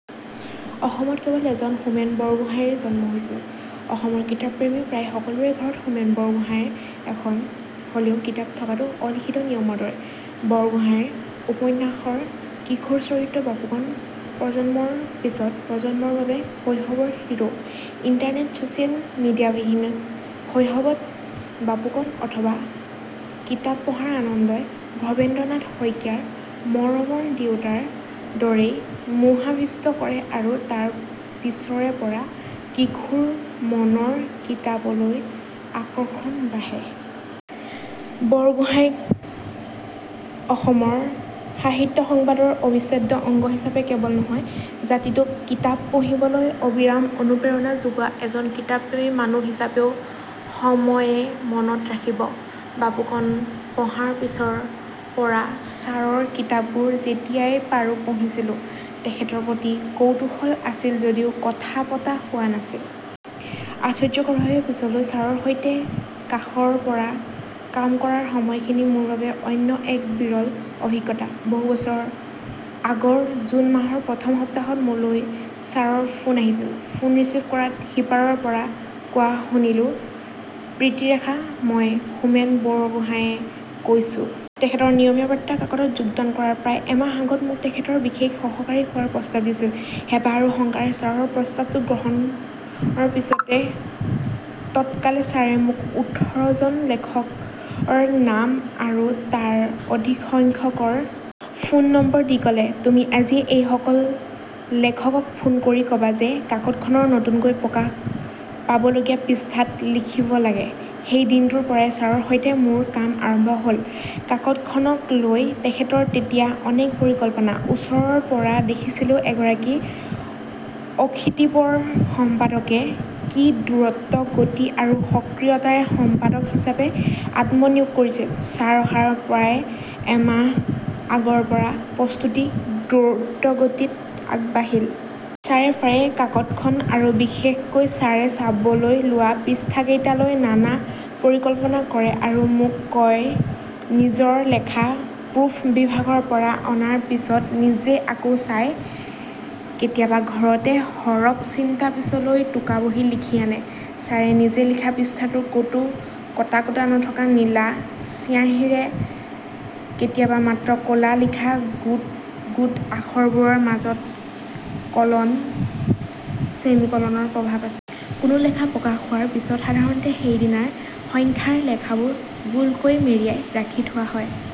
অসমত কেৱল এজন হোমেন বৰগোহাঞিৰে জন্ম হৈছিল৷ অসমৰ কিতাপপ্ৰেমী প্ৰায় সকলোৰে ঘৰত হোমেন বৰগোহাঞিৰ এখন হলেও কিতাপ থকাটো অলিখিত নিয়মৰ দৰে৷ বৰগোহাঞিৰ উপন্যাসৰ কিশোৰ চৰিত্ৰ বাপুকণ প্ৰজন্মৰ পিছত প্ৰজন্মৰ বাবে শৈশৱৰ হিৰ'৷ ইন্টাৰনেট, ছচিয়েল মিডিয়াবিহীন শৈশৱত বাপুকণ অথবা কিতাপ পঢ়াৰ আনন্দই ভবেন্দ্ৰনাথ শইকীয়াৰ মৰমৰ দেউতাৰ দৰেই মোহাবিষ্ট কৰে আৰু তাৰ পিছৰে পৰা কিশোৰ মনৰ কিতাপলৈ আকৰ্ষণ বাঢ়ে। বৰগোহাঞিক অসমৰ সাহিত্যসংবাদৰ অবিচ্ছেদ্য অংগ হিচাপে কেৱল নহয়, জাতিটোক কিতাপ পঢ়িবলৈ অবিৰাম অনুপ্ৰেৰণা যোগোৱা এজন কিতাপপ্ৰেমী মানুহ হিচাপেও সময়ে মনত ৰাখিব। বাপুকণ পঢ়াৰ পিছৰ পৰা ছাৰৰ কিতাপবোৰ যেতিয়াই পাৰো পঢ়িছিলোঁ। তেখেতৰ প্ৰতি কৌতূহল আছিল যদিও কথা পতা হোৱা নাছিল। আশ্বৰ্যকৰভাবে পিছলৈ ছাৰৰ সৈতে কাষৰ পৰা কাম কৰাৰ সময়খিনি মোৰ বাবে অন্য এক বিৰল অভিজ্ঞতা৷ বহু বছৰ আগৰ‌ জুন মাহৰ প্ৰথম সপ্তাহত মোলৈ ছাৰৰ ফোন আহিছিল। ফোন ৰিচিভ কৰাত সিপাৰৰ পৰা কোৱা শুনিলোঁ, প্ৰীতিৰেখা মই হোমেন বৰগোহাঁঞিয়ে কৈছোঁ। তেখেতে নিয়মীয়া বাৰ্তা কাকতত যোগদান কৰাৰ প্ৰায় এমাহ আগত মোক তেখেতৰ বিশেষ সহকাৰী হোৱাৰ প্ৰস্তাৱ দিছিল। হেঁপাহ আৰু শংকাৰে ছাৰৰ প্ৰস্তাৱটো গ্ৰহণৰ পিছতে তৎকালে ছাৰে মোক ওঠৰ জন লেখকৰ নাম আৰু তাৰ অধিকসংখ্যকৰ ফোন নম্বৰ দি ক'লে তুমি আজিয়ে এইসকল লেখকক ফোন কৰি ক'বা যে কাকতখনৰ নতুনকৈ প্ৰকাশ পাবলগীয়া পৃষ্ঠাত লিখিব লাগে৷ সেই দিনটোৰ পৰাই ছাৰৰ সৈতে মোৰ কাম আৰম্ভ হ'ল৷ কাকতখনক লৈ তেখেতৰ তেতিয়া অনেক পৰিকল্পনা৷ ওচৰৰ পৰা দেখিছিলোঁ এগৰাকী অশীতিপৰ সম্পাদকে কি দূৰন্ত গতি আৰু সক্ৰিয়তাৰে সম্পাদক হিচাপে আত্মনিয়োগ কৰিছিল৷ ছাৰ অহাৰ প্ৰায় এমাহ আগৰ পৰা প্ৰস্তুতি দ্ৰুতগতিত আগবাঢ়িল। ছাৰে প্ৰায়ে কাকতখন আৰু বিশেষকৈ ছাৰে চাবলৈ লোৱা পৃষ্ঠাকেইটাক লৈ নানা পৰিকল্পনা কৰে আৰু মোক কয় নিজৰ লেখা প্ৰুফ বিভাগৰ পৰা অনাৰ পিছত নিজে আকৌ চায়৷ কেতিয়াবা ঘৰতে সৰৱ চিন্তা পিছলৈ টোকাবহী লিখি আনে৷ ছাৰে নিজে লিখা পৃষ্ঠাটোৰ ক'তো কটাকূটা নথকা নীলা চিঞাহীৰে কেতিয়াবা মাত্ৰ ক'লা লিখা গোট গোট আখৰবোৰৰ মাজত কলন, চেমিকলনৰ প্ৰভাৱ আছিল। কোনো লেখা প্ৰকাশ হোৱাৰ পিছত সাধাৰণতে সেইদিনাৰ সংখ্যাৰ লেখাবোৰ গোলকৈ মেৰিয়াই ৰাখি থোৱা হয়।